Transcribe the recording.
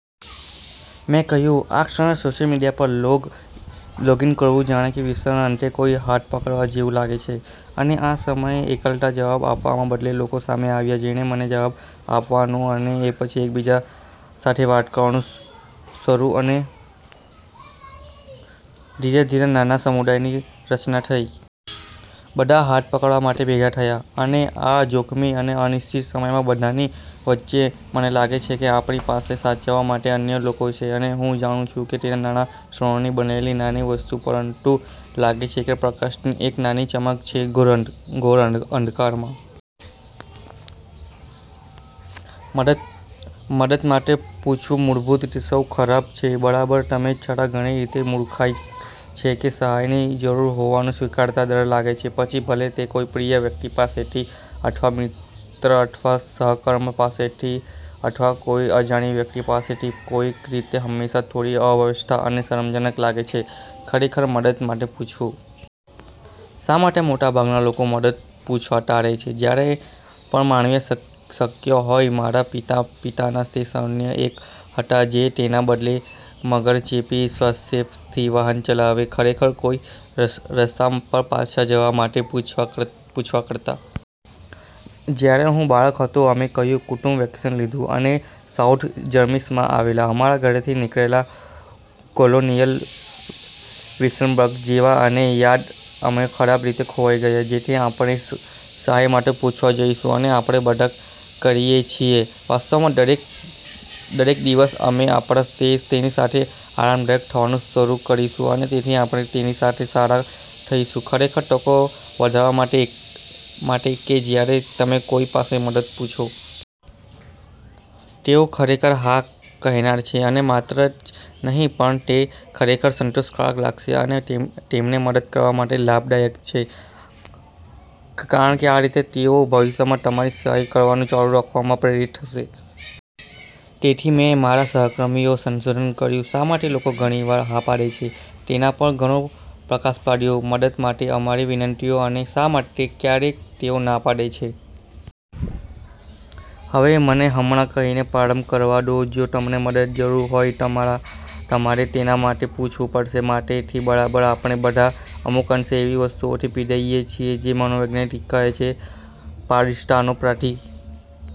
મેં કહ્યું, "આ ક્ષણે સોશિયલ મીડિયા પર લોગ ઇન કરવું જાણે કે વિશ્વના અંતે કોઈનો હાથ પક્ડયાં જેવું લાગે છે" અને આ સમયે એકલતાએ જવાબ આપવાનાં બદલે લોકો સામે આવ્યાં જેણે મને જવાબ આપવાનું અને પછી એકબીજા સાથે વાત કરવાનું શરૂ અને ધીરે ધીરે આ નાના સમુદાયની રચના થઈ. બધા હાથ પકડવા માટે ભેગા થયા. અને આ જોખમી અને અનિશ્ચિત સમયમાં તે બધાની વચ્ચે મને લાગે છે કે જે આપણી પાસે સાચવવા માટે અન્ય લોકો છે. અને હું જાણું છું કે તે નાના ક્ષણોથી બનેલી નાની વસ્તુ છે પરંતુ લાગે છે કે તે પ્રકાશની એક નાની ચમક છે ઘોર અંધકારમાં. મદદ મદદ માટે પૂછવુ મૂળભૂત રીતે સૌથી ખરાબ છે, બરાબર? તેમ છતાં ઘણી રીતે તે મૂર્ખાઇ છે કે સહાયની જરૂર હોવાનું સ્વીકારતા ડર લાગે છે પછી ભલે તે કોઈ પ્રિય વ્યક્તિ પાસેથી હોય અથવા મિત્ર અથવા સહકર્મક પાસેથી અથવા તો કોઈ અજાણી વ્યક્તિ પાસેથી પણ કોઈક રીતે તે હંમેશા થોડી અસ્વસ્થતા અને શરમજનક લાગે છે ખરેખર મદદ માટે પૂછવું. શા માટે મોટાભાગના લોકો મદદ પૂછવા ટાળે છે જ્યારે પણ માનવીય શક્ય હોય? મારા પિતા, પિતાના તે સૈન્યમાંના એક હતા જે તેના બદલે મગર-ચેપી સ્વેમ્પથી વાહન ચલાવે ખરેખર કોઈને રસ્તા પર પાછા જવા માટે પૂછવા કરતાં. જ્યારે હું બાળક હતો, અમે ક્યુ કુટુંબ વેકેશન લીધું. અમે સાઉથ જર્સીમાં આવેલા અમારા ઘરેથી નીકળ્યા કોલોનિયલ વિલિયમ્સબર્ગ જવા અને મને યાદ છે અમે ખરાબ રીતે ખોવાઈ ગયા. તેથી જો આપણે સહાય માટે પૂછવા જઈશું અને આપણે બધા કરીએ છીએ, વાસ્ત્વમા દરેક દિવસ અમે આપણે તેની સાથે આરામદાયક થવાનું શરૂ કરીશું અને તેથી આપણે તેની સાથે સારા થઈશુ ખરેખર તકો વધારવા માટે માટે કે જ્યારે તમે કોઈની પાસે મદદ માટે પૂછો. તેઓ ખરેખર હા કહેનાર છે. અને માત્ર તે જ નહીં, પણ તે તેને ખરેખર સંતોષકારક લાગશે. અને તમને મદદ કરવા માટે લાભદાયક છે કારણકે આ રીતે, તેઓ ભવિષ્યમાં તમારી સહાય કરવાનું ચાલુ રાખવા મા પ્રેરિત થશે. તેથી મેં મારા સહકર્મીઓએ સંશોધન કર્યું, "શા માટે લોકો ઘણી વાર હા પાડે છે?" તેના પર ઘણો પ્રકાશ પાડ્યો છે કે મદદ માટે અમારી વિનંતીઓ પર અને "શા માટે ક્યારેક તેઓ ના પાડે છે?" હવે મને હમણાં કહીને પ્રારંભ કરવા દો, જો તમને મદદ જરૂર હોય, તમારે તેના માટે પૂછવું પડશે. માટેથી. બરાબર? આપણે બધા અમુક અંશે એવી વસ્તુથી પીડાઇએ છીએ જેને મનોવૈજ્ઞાનિકો કહે છે "પારદર્શિતાનો ભ્રાંતિ".